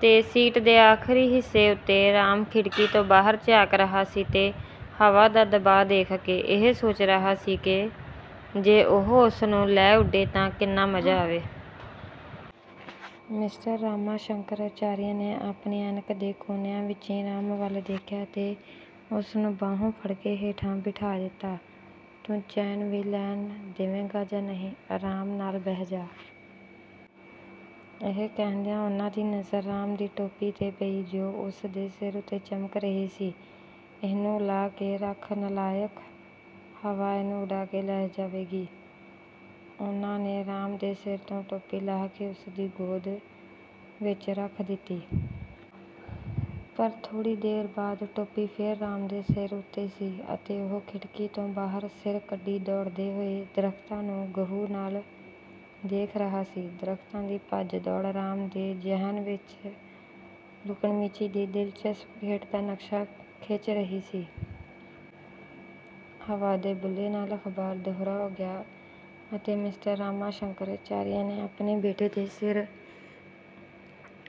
ਤੇ ਸੀਟ ਦੇ ਆਖਰੀ ਹਿੱਸੇ ਉਤੇ ਰਾਮ ਖਿੜਕੀ ਤੋਂ ਬਾਹਰ ਝਾਕ ਰਿਹਾ ਸੀ ਤੇ ਹਵਾ ਦਾ ਦਬਾਅ ਦੇਖ ਕੇ ਇਹ ਸੋਚ ਰਿਹਾ ਸੀ ਕਿ ਜੇ ਉਹ ਉਸ ਨੂੰ ਲੈ ਉਡੇ ਤਾਂ ਕਿੰਨਾ ਮਜ਼ਾ ਆਵੇ। ਮਿਸਟਰ ਰਾਮਾ ਸ਼ੰਕਰ ਅਚਾਰੀਆ ਨੇ ਆਪਣੀ ਐਨਕ ਦੇ ਕੋਣਿਆਂ ਵਿਚੀਂ ਰਾਮ ਵੱਲ ਦੇਖਿਆ ਤੇ ਉਸ ਨੂੰ ਬਾਹੋਂ ਫੜ ਕੇ ਹੇਠਾਂ ਬਿਠਾ ਦਿੱਤਾ। "ਤੂੰ ਚੈਨ ਵੀ ਲੈਣ ਦੇਵੇਂਗਾ ਜਾਂ ਨਹੀਂ, ਆਰਾਮ ਨਾਲ ਬਹਿ ਜਾ। " ਇਹ ਕਹਿੰਦਿਆਂ ਉਨ੍ਹਾਂ ਦੀ ਨਜ਼ਰ ਰਾਮ ਦੀ ਟੋਪੀ 'ਤੇ ਪਈ ਜੋ ਉਸ ਦੇ ਸਿਰ ਉਤੇ ਚਮਕ ਰਹੀ ਸੀ, "ਇਹਨੂੰ ਲਾਹ ਕੇ ਰੱਖ ਨਾਲਾਇਕ, ਹਵਾ ਇਹਨੂੰ ਉਡਾ ਕੇ ਲੈ ਜਾਵੇਗੀ। " ਉਨ੍ਹਾਂ ਨੇ ਰਾਮ ਦੇ ਸਿਰ ਤੋਂ ਟੋਪੀ ਲਾਹ ਕੇ ਉਸ ਦੀ ਗੋਦ ਵਿਚ ਰੱਖ ਦਿੱਤੀ। ਪਰ ਥੋੜ੍ਹੀ ਦੇਰ ਬਾਅਦ ਟੋਪੀ ਫੇਰ ਰਾਮ ਦੇ ਸਿਰ ਉਤੇ ਸੀ ਅਤੇ ਉਹ ਖਿੜਕੀ ਤੋਂ ਬਾਹਰ ਸਿਰ ਕੱਢੀ ਦੌੜਦੇ ਹੋਏ ਦਰਖਤਾਂ ਨੂੰ ਗਹੁ ਨਾਲ ਦੇਖ ਰਿਹਾ ਸੀ। ਦਰਖਤਾਂ ਦੀ ਭੱਜ ਦੌੜ ਰਾਮ ਦੇ ਜ਼ਿਹਨ ਵਿਚ ਲੁਕਣਮੀਚੀ ਦੀ ਦਿਲਚਸਪ ਖੇਡ ਦਾ ਨਕਸ਼ਾ ਖਿੱਚ ਰਹੀ ਸੀ। ਹਵਾ ਦੇ ਬੁੱਲੇ ਨਾਲ ਅਖਬਾਰ ਦੂਹਰਾ ਹੋ ਗਿਆ ਅਤੇ ਮਿਸਟਰ ਰਾਮਾ ਸ਼ੰਕਰ ਅਚਾਰੀਆ ਨੇ ਆਪਣੇ ਬੇਟੇ ਦੇ ਸਿਰ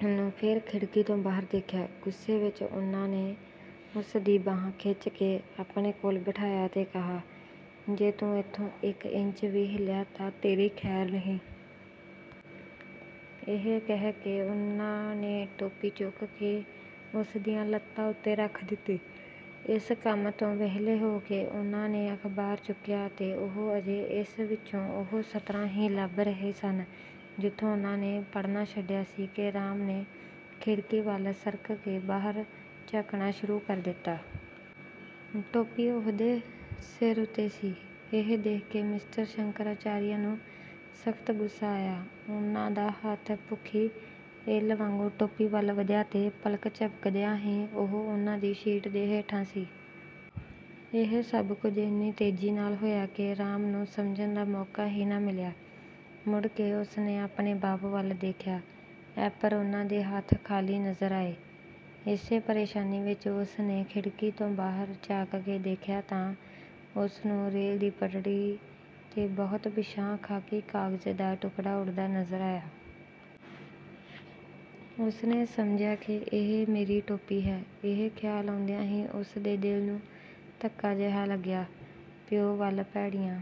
ਨੂੰ ਫੇਰ ਖਿੜਕੀ ਤੋਂ ਬਾਹਰ ਦੇਖਿਆ। ਗ਼ੁੱਸੇ ਵਿਚ ਉਨ੍ਹਾਂ ਨੇ ਉਸ ਦੀ ਬਾਂਹ ਖਿੱਚ ਕੇ ਆਪਣੇ ਕੋਲ ਬਿਠਾਇਆ ਅਤੇ ਕਿਹਾ, "ਜੇ ਤੂੰ ਇਥੋਂ ਇਕ ਇੰਚ ਵੀ ਹਿੱਲਿਆ ਤਾਂ ਤੇਰੀ ਖੈਰ ਨਹੀਂ। " ਇਹ ਕਹਿ ਕੇ ਉਨ੍ਹਾਂ ਨੇ ਟੋਪੀ ਚੁੱਕ ਕੇ ਉਸ ਦੀਆਂ ਲੱਤਾਂ ਉਤੇ ਰੱਖ ਦਿੱਤੀ। ਇਸ ਕੰਮ ਤੋਂ ਵਿਹਲੇ ਹੋ ਕੇ ਉਨ੍ਹਾਂ ਨੇ ਅਖਬਾਰ ਚੁੱਕਿਆ ਅਤੇ ਉਹ ਅਜੇ ਇਸ ਵਿਚੋਂ ਉਹ ਸਤਰਾਂ ਹੀ ਲੱਭ ਰਹੇ ਸਨ ਜਿੱਥੋਂ ਉਨ੍ਹਾਂ ਨੇ ਪੜ੍ਹਨਾ ਛੱਡਿਆ ਸੀ ਕਿ ਰਾਮ ਨੇ ਖਿੜਕੀ ਵੱਲ ਸਰਕ ਕੇ ਬਾਹਰ ਝਾਕਣਾ ਸ਼ੁਰੂ ਕਰ ਦਿੱਤਾ। ਟੋਪੀ ਉਹਦੇ ਸਿਰ ਉਤੇ ਸੀ। ਇਹ ਦੇਖ ਕੇ ਮਿਸਟਰ ਸ਼ੰਕਰ ਅਚਾਰੀਆ ਨੂੰ ਸਖਤ ਗ਼ੁੱਸਾ ਆਇਆ। ਉਨ੍ਹਾਂ ਦਾ ਹੱਥ ਭੁੱਖੀ ਇੱਲ੍ਹ ਵਾਂਗੂੰ ਟੋਪੀ ਵੱਲ ਵਧਿਆ ਤੇ ਪਲਕ ਝਪਕਦਿਆਂ ਹੀ ਉਹ ਉਨ੍ਹਾਂ ਦੀ ਸੀਟ ਦੇ ਹੇਠਾਂ ਸੀ। ਇਹ ਸਭ ਕੁਝ ਇੰਨੀ ਤੇਜੀ ਨਾਲ ਹੋਇਆ ਕਿ ਰਾਮ ਨੂੰ ਸਮਝਣ ਦਾ ਮੌਕਾ ਹੀ ਨਾ ਮਿਲਿਆ। ਮੁੜ ਕੇ ਉਸ ਨੇ ਆਪਣੇ ਬਾਪ ਵੱਲ ਦੇਖਿਆ। ਐਪਰ ਉਨ੍ਹਾਂ ਦੇ ਹੱਥ ਖਾਲੀ ਨਜ਼ਰ ਆਏ। ਇਸੇ ਪ੍ਰੇਸ਼ਾਨੀ ਵਿਚ ਉਸ ਨੇ ਖਿੜਕੀ ਤੋਂ ਬਾਹਰ ਝਾਕ ਕੇ ਦੇਖਿਆ ਤਾਂ ਉਸ ਨੂੰ ਰੇਲ ਦੀ ਪਟੜੀ 'ਤੇ ਬਹੁਤ ਪਿਛਾਂਹ ਖਾਕੀ ਕਾਗ਼ਜ਼ ਦਾ ਟੁਕੜਾ ਉਡਦਾ ਨਜ਼ਰ ਆਇਆ। ਉਸ ਨੇ ਸਮਝਿਆ ਕਿ ਇਹ ਮੇਰੀ ਟੋਪੀ ਹੈ। ਇਹ ਖਿਆਲ ਆਉਂਦਿਆਂ ਹੀ ਉਸ ਦੇ ਦਿਲ ਨੂੰ ਧੱਕਾ ਜਿਹਾ ਲੱਗਿਆ। ਪਿਉ ਵੱਲ ਭੈੜੀਆਂ